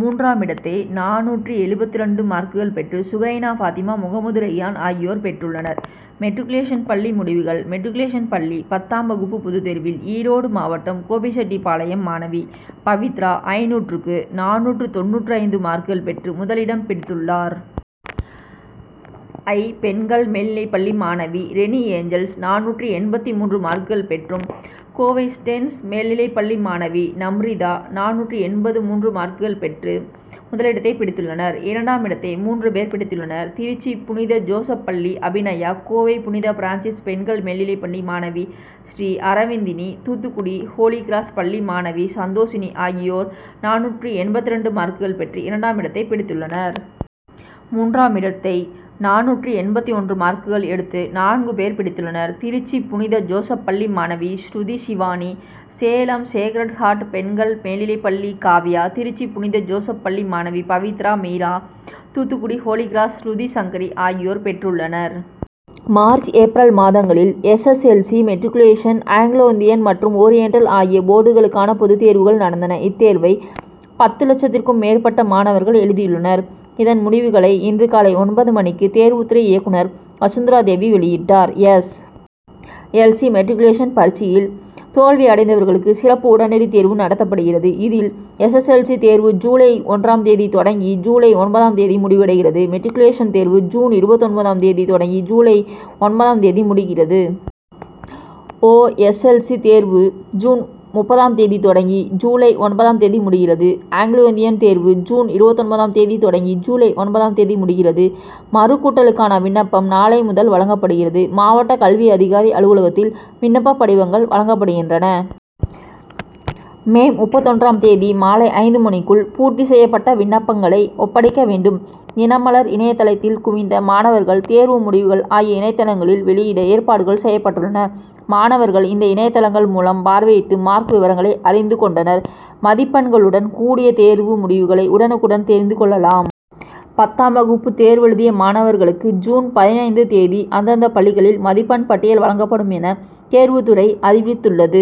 மூன்றாம் இடத்தை நானூற்று எழுபத்திரண்டு மார்க்குள் பெற்று சுகைனா பாத்திமா, முகமது ரெய்ஹான் ஆகியோர் பெற்றுள்ளனர். மெட்ரிகுலேஷன் பள்ளி முடிவுகள் மெட்ரிகுலேஷன் பள்ளி பத்தாம் வகுப்பு பொதுத்தேர்வில் ஈரோடு மாவட்டம் கோபிச்செட்டிப்பாளையம் மாணவி பவித்ரா ஐந்நூற்றுக்கு நானூற்று தொண்ணூற்று ஐந்து மார்க்குள் பெற்று முதலிடம் பிடித்துள்ளார். ஐ., பெண்கள் மேல் நிலைப்பள்ளி மாணவி ரெணி ஏஞ்சல்ஸ் நானூற்று எண்பதது மூன்று மார்க்குகள் பெற்றும், கோவை ஸ்டேன்ஸ் மேல்நிலைப்பள்ளி மாணவி நம்ரிதா நானூற்று எண்பத்து மூன்று மார்க்குகள் பெற்றும் முதலிடத்தைப் பிடித்துள்ளனர். இரண்டாம் இடத்தை மூன்று பேர் பிடித்துள்ளனர். திருச்சி புனித ஜோசப் பள்ளி அபிநயா, கோவை புனித பிரான்சிஸ் பெண்கள் மேல்நிலைப் பள்ளி மாணவி ஸ்ரீ அரவிந்தினி, தூத்துக்குடி ஹோலி கிராஸ் பள்ளி மாணவி சந்தோசினி ஆகியோர் நானூற்று எண்பத்திரண்டு மார்க்குகள் பெற்று இரண்டாம் இடத்தைப் பிடித்துள்ளனர். மூன்றாம் இடத்தை நானூற்று எண்பத்து ஒன்று மார்க்குகள் எடுத்து நான்கு பேர் பிடித்துள்ளனர். திருச்சி புனித ஜோசப் பள்ளி மாணவி ஸ்ருதி ஷிவானி, சேலம் சேக்ரட் ஹார்ட் பெண்கள் மேல்நிலைப் பள்ளி காவ்யா, திருச்சி புனித ஜோசப் பள்ளி மாணவி பவித்ரா மீரா, தூத்துக்குடி ஹோலி கிராஸ் ஸ்ருதி சங்கரி ஆகியோர் பெற்றுள்ளனர். மார்ச், ஏப்ரல் மாதங்களில், S. S. L. C., matriculation, Anglo Indian மற்றும் ஓரியன்டல் ஆகிய போர்டுகளுக்கான பொதுத்தேர்வுகள் நடந்தன. இத்தேர்வை, பத்து லட்சத்திற்கும் மேற்பட்ட மாணவர்கள் எழுதியுள்ளனர். இதன் முடிவுகளை, இன்று காலை ஒன்பது மணிக்கு தேர்வுத்துறை இயக்குனர் வசுந்த்ராதேவி வெளியிட்டார். எஸ். எல். சி., மெட்ரிக்குலேசன் பரீட்சையில் தோல்வி அடைந்தவர்களுக்கு சிறப்பு உடனடி தேர்வு நடத்தப்படுகிறது. இதில் எஸ். எஸ். எல். சி. தேர்வு ஜுலை ஒன்றாம் தேதி தொடங்கி ஜுலை ஒன்பதாம் தேதி முடிவடைகிறது. மெட்ரிக்குலேசன் தேர்வு ஜுன் இருபத்தொன்பதாம் தேதி தொடங்கி ஜுலை ஒன்பதாம் தேதி முடிகிறது. ஓ. எஸ். எல். சி. தேர்வு ஜுன் முப்பதாம் தேதி தொடங்கி ஜுலை ஒன்பதாம் தேதி முடிகிறது. ஆங்கிலோ இந்தியன் தேர்வு ஜுன் இருபத்தொன்பதாம் தேதி தொடங்கி ஜுலை ஒன்பதாம் தேதி முடிகிறது. மறுகூட்டலுக்கான விண்ணப்பம் நாளை முதல் வழங்கப்படுகிறது. மாவட்ட கல்வி அதிகாரி அலுவலகத்தில் விண்ணப்ப படிவங்கள் வழங்கப்படுகின்றன. மே முப்பத்தொன்றாம் தேதி மாலை ஐந்து மணிக்குள் பூர்த்தி செய்யப்பட்ட விண்ணப்பங்களை ஒப்படைக்க வேண்டும். தினமலர் இணையதளத்தில் குவிந்த மாணவர்கள் தேர்வு முடிவுகள் ஆகிய இணையதளங்களில் வெளியிட ஏற்பாடுகள் செய்யப்பட்டுள்ளன. மாணவர்கள், இந்த இணையதளங்கள் மூலம் பார்வையிட்டு மார்க் விவரங்களை அறிந்து கொண்டனர். மதிப்பெண்களுடன் கூடிய தேர்வு முடிவுகளை உடனுக்குடன் தெரிந்து கொள்ளலாம். பத்தாம் வகுப்பு தேர்வெழுதிய மாணவர்களுக்கு, ஜூன் பதினைந்து தேதி அந்தந்த பள்ளிகளில் மதிப்பெண் பட்டியல் வழங்கப்படும் என, தேர்வுத்துறை அறிவித்துள்ளது.